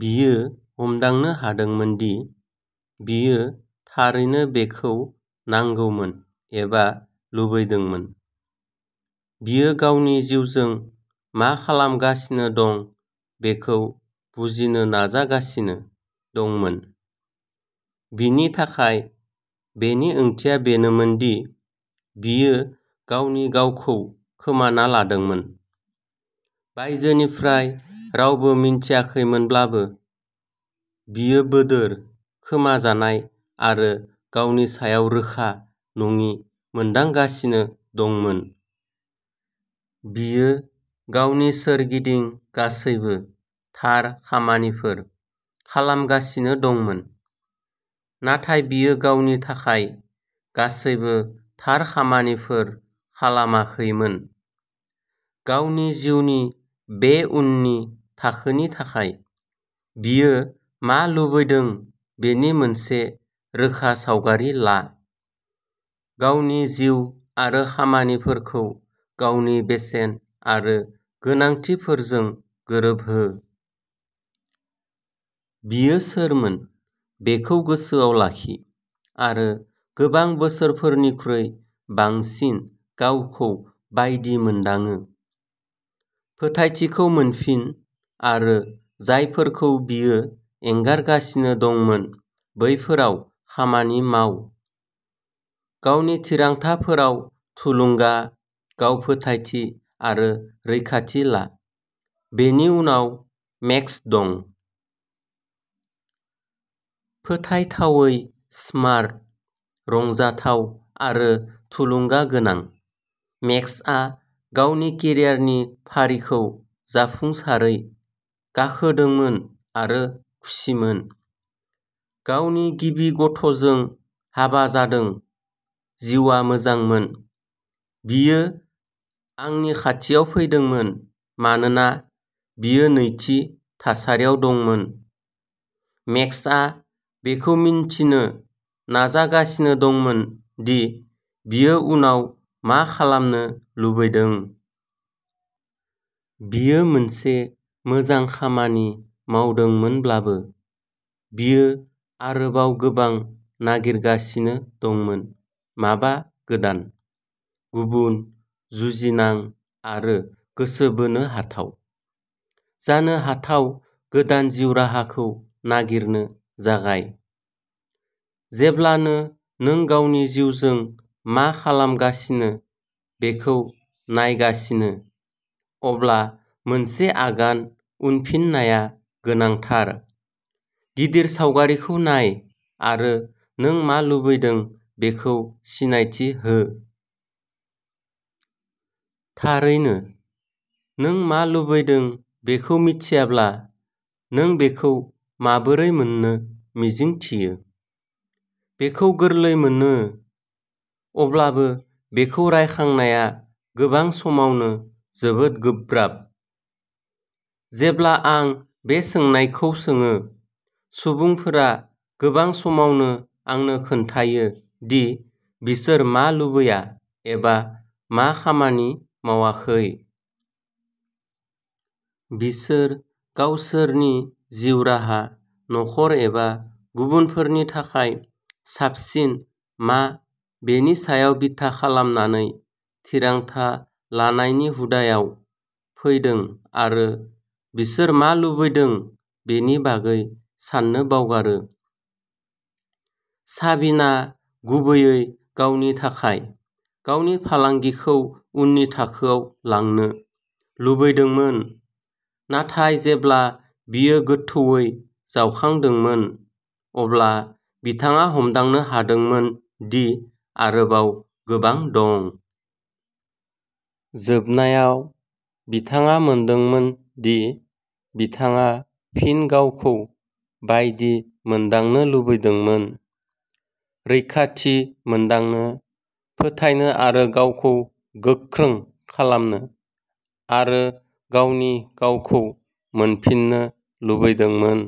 बियो हमदांनो हादोंमोन दि बियो थारैनो बेखौ नांगौमोन एबा लुबैदोंमोन। बियो गावनि जिउजों मा खालामगासिनो दं बेखौ बुजिनो नाजागासिनो दंमोन। बिनि थाखाय, बेनि ओंथिया बेनोमोन दि बियो गावनि गावखौ खोमाना लादोंमोन। बायजोनिफ्राय रावबो मिन्थियाखैमोनब्लाबो, बियो बोदोर, खोमाजानाय आरो गावनि सायाव रोखा नङि मोनदांगासिनो दंमोन। बियो गावनि सोरगिदिं गासैबो "थार" खामानिफोर खालामगासिनो दंमोन, नाथाय बियो गावनि थाखाय गासैबो थार खामानिफोर खालामाखैमोन। गावनि जिउनि बे उननि थाखोनि थाखाय बियो मा लुबैदों बेनि मोनसे रोखा सावगारि ला। गावनि जिउ आरो खामानिफोरखौ गावनि बेसेन आरो गोनांथिफोरजों गोरोबहो। बियो सोरमोन बेखौ गोसोआव लाखि आरो गोबां बोसोरफोरनिख्रुइ बांसिन गावखौ बायदि मोनदाङो। फोथायथिखौ मोनफिन आरो जायफोरखौ बियो एंगारगासिनो दंमोन बैफोराव खामानि माव। गावनि थिरांथाफोराव थुलुंगा, गाव-फोथायथि आरो रैखाथि ला। बेनि उनाव, मेक्स दं। फोथायथावै स्मार्ट, रंजाथाव आरो थुलुंगा गोनां, मेक्सआ गावनि केरियारनि फारिखौ जाफुंसारै गाखोदोंमोन आरो खुसिमोन। गावनि गिबि गथ'जों हाबा जादों। जिउआ मोजांमोन। बियो आंनि खाथियाव फैदोंमोन मानोना बियो नैथि थासारियाव दंमोन; मेक्सआ बेखौ मिन्थिनो नाजागासिनो दंमोन दि बियो उनाव मा खालामनो लुबैदों। बियो मोनसे मोजां खामानि मावदोंमोनब्लाबो, बियो आरोबाव गोबां नागिरगासिनो दंमोन-माबा गोदान, गुबुन, जुजिनां आरो गोसो बोनो हाथाव। जानो हाथाव गोदान जिउ राहाखौ नागिरनो जागाय। जेब्लानो नों गावनि जिउजों मा खालामगासिनो बेखौ नायगासिनो, अब्ला मोनसे आगान उनफिननाया गोनांथार, गिदिर सावगारिखौ नाय आरो नों मा लुबैदों बेखौ सिनायथि हो। थारैनो, नों मा लुबैदों बेखौ मिथियाब्ला, नों बेखौ माबोरै मोन्नो मिजिंथियो? बेखौ गोरलै मोनो, अब्लाबो बेखौ रायखांनाया गोबां समावनो जोबोद गोब्राब। जेब्ला आं बे सोंनायखौ सोङो, सुबुंफोरा गोबां समावनो आंनो खोन्थायो दि बिसोर मा लुबैया एबा मा खामानि मावाखै। बिसोर गावसोरनि जिउ राहा, नखर एबा गुबुनफोरनि थाखाय साबसिन मा बेनि सायाव बिथा खालामनानै थिरांथा लानायनि हुदाआव फैदोंआरो बिसोर मा लुबैदों बेनि बागै साननो बावगारो। साबिना गुबैयै गावनि थाखाय "गावनि फालांगिखौ उननि थाखोआव लांनो" लुबैदोंमोन, नाथाय जेब्ला बियो गोथौवै जावखांदोंमोन, अब्ला बिथाङा हमदांनो हादोंमोन दि आरोबाव गोबां दं। जोबनायाव बिथाङा मोनदोंमोन दि बिथाङा फिन गावखौ बायदि मोनदांनो लुबैदोंमोन; रैखाथि मोनदांनो, फोथायनो आरो गावखौ गोख्रों खालामनो, आरो गावनि गावखौ मोनफिननो लुबैदोंमोन।